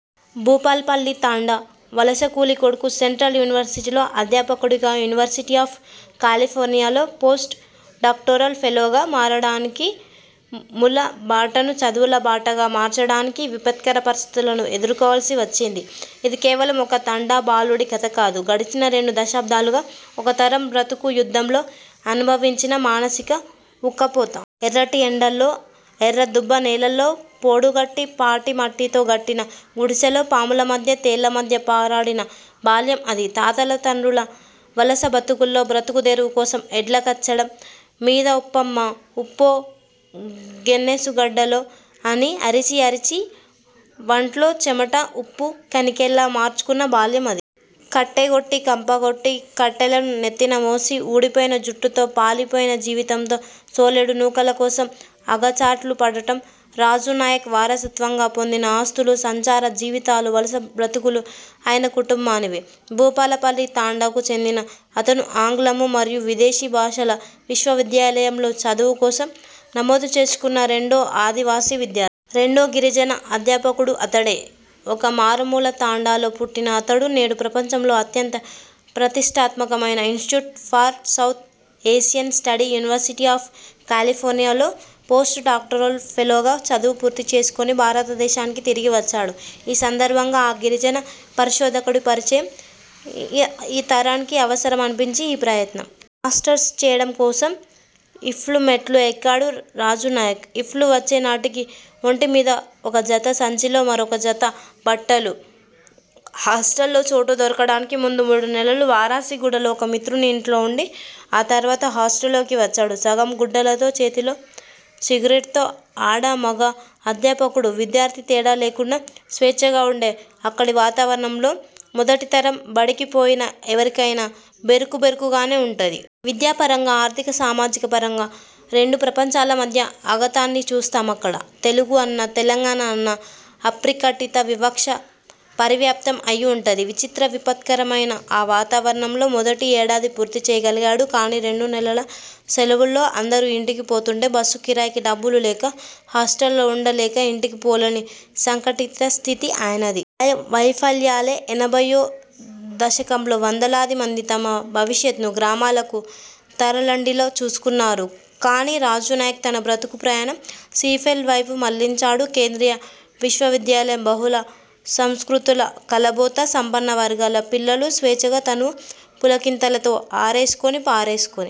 భూపాలపల్లి తండా వలస కూలీ కొడుకు సెంట్రల్ యూనివర్సిటీలో అధ్యాపకుడిగా, యూనివర్సిటీ ఆఫ్ కాలిఫోర్నియాలో పోస్ట్ డాక్టోరల్ ఫెలోగా మారడానికి, ముళ్ళ బాటను చదువుల బాటగా మార్చడానికి విపత్కర పరిస్థితులను ఎదుర్కోవాల్సి వచ్చింది. ఇది కేవలం ఒక తండా బాలుడి కథ కాదు. గడిచిన రెండు దశాబ్దాలుగా ఒక తరం బ్రతుకు యుద్ధంలో అనుభవించిన మానసిక ఉక్కపోత. ఎర్రటి ఎండల్లో ఎర్రదుబ్బ నేలల్లో పోడుగొట్టి, పాటిమట్టితో గట్టిన గుడిసెలో పాముల మధ్య తేళ్ళ మధ్య పారాడిన బాల్యం అది. తాతల తండ్రుల వలస బతుకుల్లో బ్రతుకు దెరువు కోసం ఎడ్ల కచ్చడం మీద ఉప్పమ్మా, ఉప్పో, గెనుసుగడ్డలో అని అరిచీ అరిచీ వంట్లో చమట ఉప్పు కనికెల్లా మార్చుకున్న బాల్యం అది. కట్టెగొట్టి, కంపగొట్టి, కట్టెలు నెత్తిన మోసి ఊడిపోయిన జుట్టుతో పాలి పోయిన జీవితంతో సోలెడు నూకల కోసం అగచాట్లు పడటం రాజూనాయక్ వారసత్వంగా పొందిన ఆస్తులు. సంచార జీవితాలు, వలస బ్రతుకులు ఆయన కుటుంబానివి. భూపాలపల్లి తండాకు చెందిన అతను ఆంగ్లమూ మరియు విదేశీ భాషల విశ్వవిద్యాలయం లో చదువు కోసం నమోదు చేసుకున్న రెండో ఆదివాసీ విద్యార్థి. రెండో గిరిజన అధ్యాపకుడూ అతడే. ఒక మారుమూల తండాలో పుట్టిన అతడు నేడు ప్రపంచంలో అత్యంత ప్రతిష్టాత్మకమైన institute for South Asian study, university of కాలిఫోర్నియాలో పోస్ట్ డాక్టోరల్ ఫెలోగా చదువు పూర్తి చేసుకొని భారతదేశానికి తిరిగి వచ్చాడు. ఈ సందర్భంగా ఆ గిరిజన పరిశోధకుడి పరిచయం ఈ తరానికి అవసరం అనిపించి ఈ ప్రయత్నం. మాస్టర్స్ చేయడం కోసం ఇఫ్లూ మెట్లు ఎక్కాడు రాజూనాయక్. ఇఫ్లూ వచ్చేనాటికి ఒంటి మీద ఒక జత, సంచిలో మరొక జత బట్టలు. హాస్టల్లో చోటు దొరకడానికి ముందు మూడునెలలు వారాసిగూడలో ఒక మిత్రుని ఇంట్లో ఉండి ఆ తర్వాత హాస్టల్లోకి వచ్చాడు. సగం గుడ్డలతో, చేతిలో సిగరెట్తో ఆడా మగా, అధ్యాపకుడూ, విద్యార్థి తేడా లేకుండా స్వేచ్ఛగా ఉండే అక్కడి వాతావరణంలో మొదటి తరం బడికిపోయిన ఎవరికయిన బెరుకు బెరుకుగానే ఉంటాది. విద్యపరంగా, ఆర్థిక సామాజిక పరంగా రెండు ప్రపంచాల మధ్య అగాథాన్ని చూస్తాం అక్కడ. తెలుగు అన్నా, తెలంగాణ అన్నా అప్రకటిత వివక్ష పరివ్యాప్తం అయి ఉంటాది. విచిత్ర విపత్కరమైన ఆ వాతావరణంలో మొదటి ఏడాది పూర్తి చేయగలిగాడు కానీ రెండు నెలల సెలవుల్లో అందరూ ఇంటికి పోతుంటే బస్సు కిరాయికి డబ్బులు లేక హాస్టల్లో ఉండలేక ఇంటికి పోలేని సంకటిత స్థితి ఆయనది. ఆ వైఫల్యాలే ఎనభయ్యో దశకంలో వందలాది మంది తమ భవిష్యత్ను గ్రామాలకు తరలండిలో చూసుకున్నారు. కానీ రాజూ నాయక్ తన బ్రతుకు ప్రయాణం సీఫెల్ వైపు మళ్ళించాడు. కేంద్రీయ విశ్వవిద్యాలయం బహుళ సంస్కృతుల కలబోత. సంపన్న వర్గాల పిల్లలు స్వేచ్ఛగా తనువు పులకింతలతో అరేసుకొని పారేసుకొని,